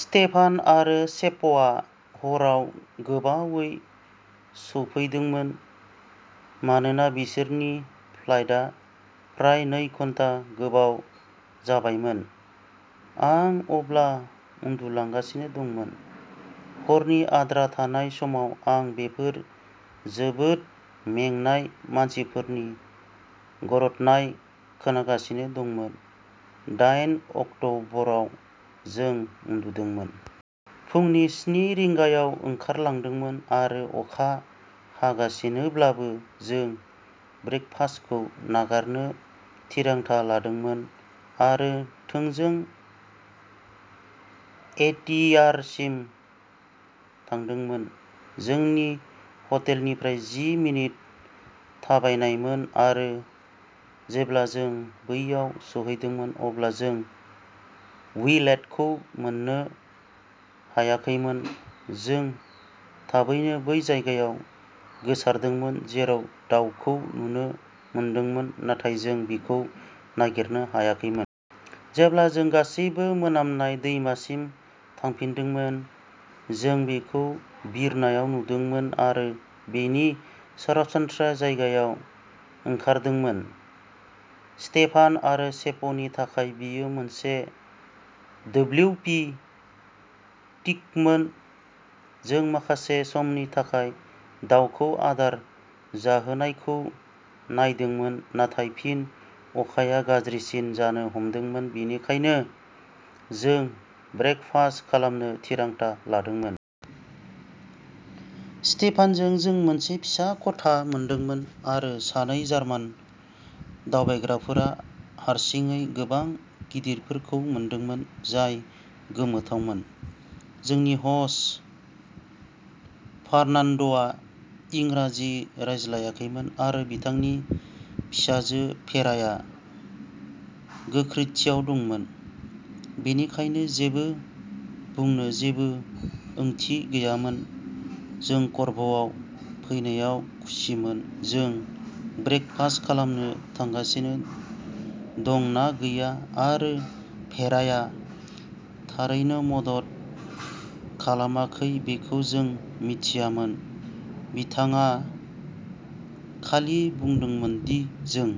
Stefan आरो सेप्प'आ हराव गोबावै सौफैदोंमोन मानोना बिसोरनि फ्लाइटआ फ्राय नै घन्टा गोबाव जाबायमोन। आं अब्ला उन्दुलांगासिनो दंमोन। हरनि आद्रा थानाय समाव आं बेफोर जोबोद मेंनाय मानसिफोरनि गरदनाय खोनागासिनो दंमोन। दायेन अक्ट'बराव जों उन्दुदोंमोन। फुंनि स्नि रिंगायाव ओंखारलांदोंमोन आरो अखा हागासिनोब्लाबो जों ब्रेकफास्टखौ नागारनो थिरांथा लादोंमोन आरो थोंजों एटीआरसिम थांदोंमोन। जोंनि हटेलनिफ्राय जि मिनिट थाबायनायमोन आरो जेब्ला जों बैयाव सौहैदोंमोन अब्ला जों उइलेटखौ मोननो हायाखैमोन। जों थाबैनो बै जायगायाव गोसारदोंमोन जेराव दाउखौ नुनो मोनदोंमोन नाथाय जों बेखौ नागिरनो हायाखैमोन। जेब्ला जों गासैबो मोनामनाय दैमासिम थांफिनदोंमोन, जों बेखौ बिरनायाव नुदोंमोन आरो बेनि सरासनस्रा जायगायाव ओंखारदोंमोन। स्टेफान आरो सेप्प'नि थाखाय बेयो मोनसे डब्लिउपी टिकमोन। जों माखासे समनि थाखाय दाउखौ आदार जाहोनायखौ नायदोंमोन नाथाय फिन अखाया गाज्रिसिन जानो हमदोंमोन बेनिखायनो जों ब्रेकफास्ट खालामनो थिरांथा लादोंमोन। स्टेफानजों जों मोनसे फिसा खथा मोनदोंमोन आरो सानै जार्मान दावबायग्राफोरा हारसिङै गोबां गिदिरफोरखौ मोनदोंमोन, जाय गोमोथावमोन। जोंनि ह'स्ट फार्नान्ड'आ इंराजि रायज्लायाखैमोन आरो बिथांनि फिसाजो भेराया गोख्रैथिआव दंमोन, बेनिखायनो जेबो बुंनो जेबो ओंथि गैयामोन जों करभ'आव फैनायाव खुसिमोन जों ब्रेकफास्ट खालामनो थांगासिनो दं ना गैया आरो भेराया थारैनो मदद खालामाखै बेखौ जों मिथियामोन। बिथाङा खालि बुंदोंमोन दि जों